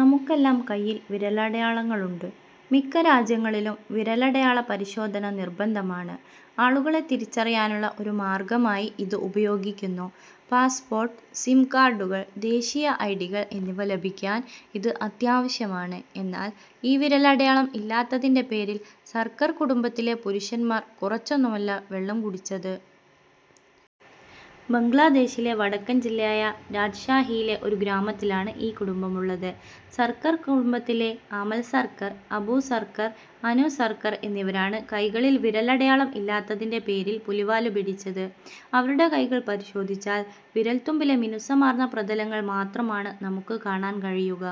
നമുക്കെല്ലാം കൈയിൽ വിരലടയാളങ്ങളുണ്ട്. മിക്ക രാജ്യങ്ങളിലും വിരലടയാള പരിശോധന നിർബന്ധമാണ്. ആളുകളെ തിരിച്ചറിയാനുള്ള ഒരു മാർഗമായി ഇത് ഉപയോഗിക്കുന്നു. പാസ്പോർട്ട്, സിം കാർഡുകൾ, ദേശീയ ഐഡികൾ എന്നിവ ലഭിക്കാൻ ഇത് അതാവശ്യമാണ്. എന്നാൽ, ഈ വിരലടയാളം ഇല്ലാത്തതിൻ്റെ പേരിൽ സർക്കർ കുടുംബത്തിലെ പുരുഷന്മാർ കുറച്ചൊന്നുമല്ല വെള്ളം കുടിച്ചത്. ബംഗ്ലാദേശിലെ വടക്കൻ ജില്ലയായ രാജ്ഷാഹിയിലെ ഒരു ഗ്രാമത്തിലാണ് ഈ കുടുംബമുള്ളത്. സർക്കർ കടുംബത്തിലെ അമൽ സർക്കർ, അപു സർക്കാർ, അനു സർക്കർ എന്നിവരാണ് കൈകളിൽ വിരലടയാളം ഇല്ലാത്തതിൻ്റെ പേരിൽ പുലിവാല് പിടിച്ചത്. അവരുടെ കൈകൾ പരിശോധിച്ചാൽ വിരൽത്തുമ്പിലെ മിനുസമാർന്ന പ്രതലങ്ങൾ മാത്രമാണ് നമുക്ക് കാണാൻ കഴിയുക.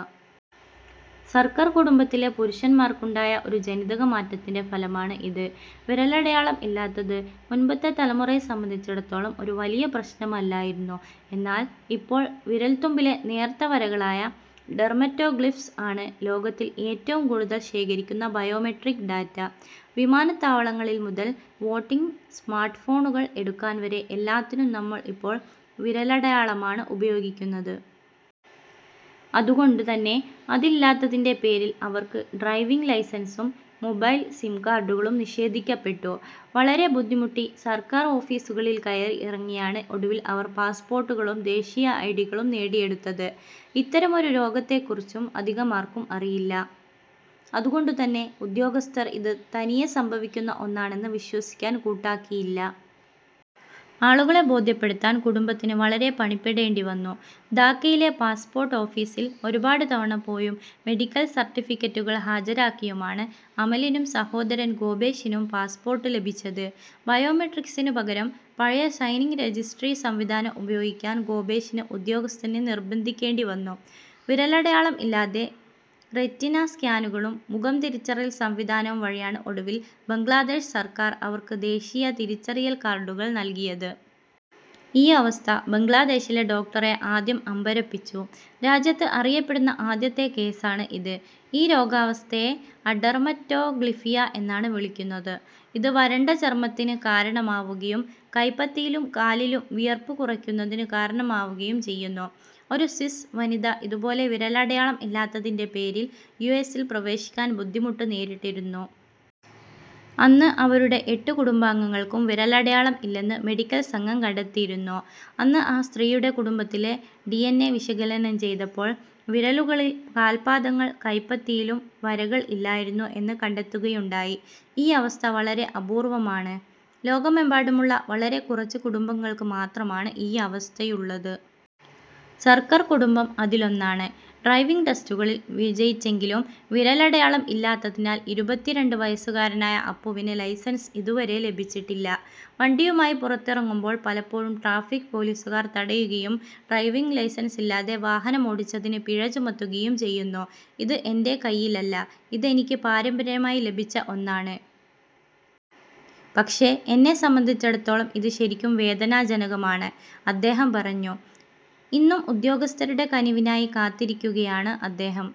സർക്കർ കുടുംബത്തിലെ പുരുഷന്മാർക്ക് ഉണ്ടായ ഒരു ജനിതകമാറ്റത്തിൻ്റെ ഫലമാണ് ഇത്. വിരലടയാളം ഇല്ലാത്തത് മുൻപത്തെ തലമുറയെ സംബന്ധിച്ചിടത്തോളം ഒരു വലിയ പ്രശ്നമല്ലായിരുന്നു. എന്നാൽ, ഇപ്പോൾ വിരൽത്തുമ്പിലെ നേർത്ത വരകളായ ഡെർമറ്റോഗ്ലിഫ്സ് ആണ് ലോകത്തിൽ ഏറ്റവും കൂടുതൽ ശേഖരിക്കുന്ന ബയോമെട്രിക് ഡാറ്റ. വിമാനത്താവളങ്ങളിൽ മുതൽ വോട്ടിംഗ്, സ്മാർട്ട്ഫോണുകൾ എടുക്കാൻ വരെ എല്ലാത്തിനും നമ്മൾ ഇപ്പോൾ വിരലടയാളമാണ് ഉപയോഗിക്കുന്നത്. അതുകൊണ്ട് തന്നെ അതില്ലാത്തതിൻ്റെ പേരിൽ അവർക്ക് ഡ്രൈവിംഗ് ലൈസൻസും മൊബൈൽ സിം കാർഡുകളും നിഷേധിക്കപ്പെട്ടു. വളരെ ബുദ്ധിമുട്ടി സർക്കാർ ഓഫീസുകളിൽ കയറി ഇറങ്ങിയാണ് ഒടുവിൽ അവർ പാസ്പോർട്ടുകളും ദേശീയ ഐഡികളും നേടിയെടുത്തത്. ഇത്തരമൊരു രോഗത്തെ കുറിച്ചും അധികമാർക്കും അറിയില്ല. അതുകൊണ്ടുതന്നെ ഉദ്യോഗസ്ഥർ ഇത് തനിയെ സംഭവിക്കുന്ന ഒന്നാണെന്ന് വിശ്വസിക്കാൻ കൂട്ടാക്കിയില്ല. ആളുകളെ ബോധ്യപ്പെടുത്താൻ കുടുംബത്തിന് വളരെ പണിപ്പെടേണ്ടി വന്നു. ധാക്കയിലെ പാസ്പോർട്ട് ഓഫീസിൽ ഒരുപാട് തവണ പോയും, മെഡിക്കൽ സർട്ടിഫിക്കറ്റുകൾ ഹാജരാക്കിയുമാണ് അമലിനും സഹോദരൻ ഗോപേഷിനും പാസ്പോർട്ട് ലഭിച്ചത്. ബയോമെട്രിക്സിനുപകരം, പഴയ സൈനിംഗ് രജിസ്ട്രി സംവിധാനം ഉപയോഗിക്കാൻ ഗോപേഷിന് ഉദ്യോഗസ്ഥനെ നിർബന്ധിക്കേണ്ടി വന്നു. വിരലടയാളം ഇല്ലാതെ റെറ്റിന സ്കാനുകളും മുഖം തിരിച്ചറിയൽ സംവിധാനവും വഴിയാണ് ഒടുവിൽ ബംഗ്ലാദേശ് സർക്കാർ അവർക്ക് ദേശീയ തിരിച്ചറിയൽ കാർഡുകൾ നൽകിയത്. ഈ അവസ്ഥ ബംഗ്ലാദേശിലെ ഡോക്ടരെ ആദ്യം അമ്പരപ്പിച്ചു. രാജ്യത്ത് അറിയപ്പെടുന്ന ആദ്യത്തെ കേസാണ് ഇത്. ഈ രോഗാവസ്ഥയെ അഡെർമറ്റോഗ്ലിഫിയ എന്നാണ് വിളിക്കുന്നത്. ഇത് വരണ്ട ചർമ്മത്തിന് കാരണമാവുകയും കൈപ്പത്തിയിലും കാലിലും വിയർപ്പ് കുറയ്ക്കുന്നതിന് കാരണമാവുകയും ചെയ്യുന്നു. ഒരു സ്വിസ് വനിത ഇതുപോലെ വിരലടയാളം ഇല്ലാത്തതിൻ്റെ പേരിൽ യുഎസിൽ പ്രവേശിക്കാൻ ബുദ്ധിമുട്ട് നേരിട്ടിരുന്നു. അന്ന് അവരുടെ എട്ട് കുടുംബാംഗങ്ങൾക്കും വിരലടയാളം ഇല്ലെന്ന് മെഡിക്കൽ സംഘം കണ്ടെത്തിയിരുന്നു. അന്ന് ആ സ്ത്രീയുടെ കുടുംബത്തിലെ ഡി. എൻ. എ. വിശകലനം ചെയ്തപ്പോൾ വിരലുകളിൽ, കാൽപാദങ്ങൾ, കൈപ്പത്തിയിലും വരകൾ ഇല്ലായിരുന്നു എന്ന് കണ്ടത്തുകയുണ്ടായി. ഈ അവസ്ഥ വളരെ അപൂർവമാണ്. ലോകമെമ്പാടുമുള്ള വളരെ കുറച്ച് കുടുംബങ്ങൾക്ക് മാത്രമാണ് ഈ അവസ്ഥയുള്ളത്. സർക്കർ കുടുംബം അതിലൊന്നാണ്. ഡ്രൈവിംഗ് ടെസ്റ്റുകളിൽ വിജയിച്ചെങ്കിലും, വിരലടയാളം ഇല്ലാത്തതിനാൽ ഇരുപത്തിരണ്ട് വയസ്സുകാരനായ അപ്പുവിന് ലൈസൻസ് ഇതുവരെ ലഭിച്ചിട്ടില്ല. വണ്ടിയുമായി പുറത്തിറങ്ങുമ്പോൾ പലപ്പോഴും ട്രാഫിക് പൊലീസുകാർ തടയുകയും ഡ്രൈവിംഗ് ലൈസൻസില്ലാതെ വാഹനമോടിച്ചതിന് പിഴ ചുമത്തുകയും ചെയ്യുന്നു. "ഇത് എൻ്റെ കൈയിലല്ല. ഇത് എനിക്ക് പാരമ്പര്യമായി ലഭിച്ച ഒന്നാണ്. പക്ഷേ, എന്നെ സംബന്ധിച്ചിടത്തോളം ഇത് ശരിക്കും വേദനാജനകമാണ് " അദ്ദേഹം പറഞ്ഞു. ഇന്നും ഉദ്യോഗസ്ഥരുടെ കനിവിനായി കാത്തിരിക്കയാണ് അദ്ദേഹം.